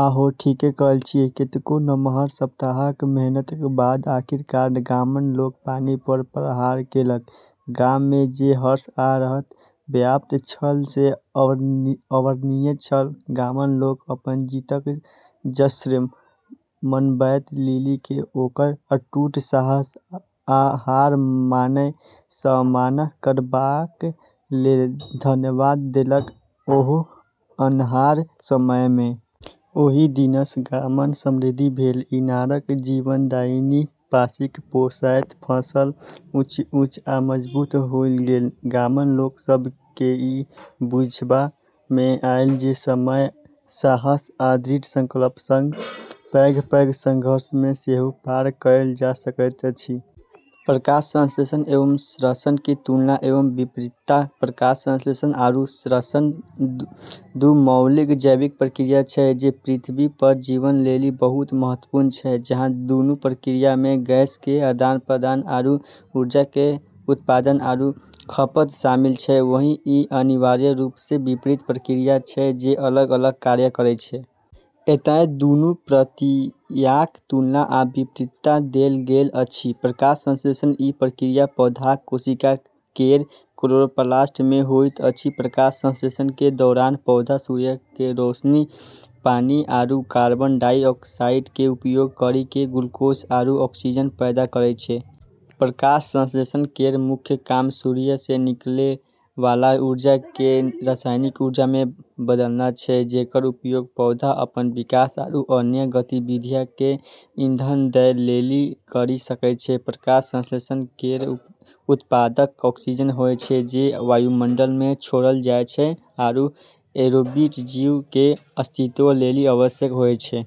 आ ओ ठीके कहने छलीह। कतेको नमहर सप्ताहक मेहनतक बाद आखिरकार गामक लोक पानि पर प्रहार केलक। गाम मे जे हर्ष आ राहत व्याप्त छल से अवर्णनीय छल। गामक लोक अपन जीतक जश्न मनबैत लिली केँ ओकर अटूट साहस आ हार मानय सँ मना करबाक लेल धन्यवाद देलक, ओहो अन्हार समय मे। ओहि दिनसँ गामक समृद्धि भेल। इनारक जीवनदायिनी पानिसँ पोसैत फसल ऊँच-ऊँच आ मजबूत होइत गेल। गामक लोक सभ केँ ई बुझबा मे आयल जे, समय, साहस आ दृढ़ संकल्पक संग, पैघ-पैघ संघर्ष केँ सेहो पार कयल जा सकैत अछि। प्रकाश संश्लेषण एवं श्वसन की तुलना एवं विपरीतता प्रकाश संश्लेषण आरू श्वसन दू मौलिक जैविक प्रक्रिया छै जे पृथ्वी पर जीवन लेली बहुत महत्वपूर्ण छै। जहाँ दूनू प्रक्रिया म॑ गैसऽ के आदान-प्रदान आरू ऊर्जा के उत्पादन आरू खपत शामिल छै, वहीं ई अनिवार्य रूप स॑ विपरीत प्रक्रिया छै जे अलग-अलग कार्य करै छै। एतय दुनू प्रक्रियाक तुलना आ विपरीतता देल गेल अछि: प्रकाश संश्लेषण: ई प्रक्रिया पौधाक कोशिका केर क्लोरोप्लास्ट मे होइत अछि प्रकाश संश्लेषण के दौरान पौधा सूर्य के रोशनी, पानी, आरू कार्बन डाइऑक्साइड के उपयोग करी क॑ ग्लूकोज आरू ऑक्सीजन पैदा करै छै। प्रकाश संश्लेषण केरऽ मुख्य काम सूर्य स॑ निकलै वाला ऊर्जा क॑ रासायनिक ऊर्जा म॑ बदलना छै, जेकरऽ उपयोग पौधा अपनऽ विकास आरू अन्य गतिविधियऽ क॑ ईंधन दै लेली करी सकै छै। प्रकाश संश्लेषण केरऽ उपोत्पाद ऑक्सीजन होय छै, जे वायुमंडल म॑ छोड़लऽ जाय छै आरू एरोबिक जीवऽ के अस्तित्व लेली आवश्यक होय छै।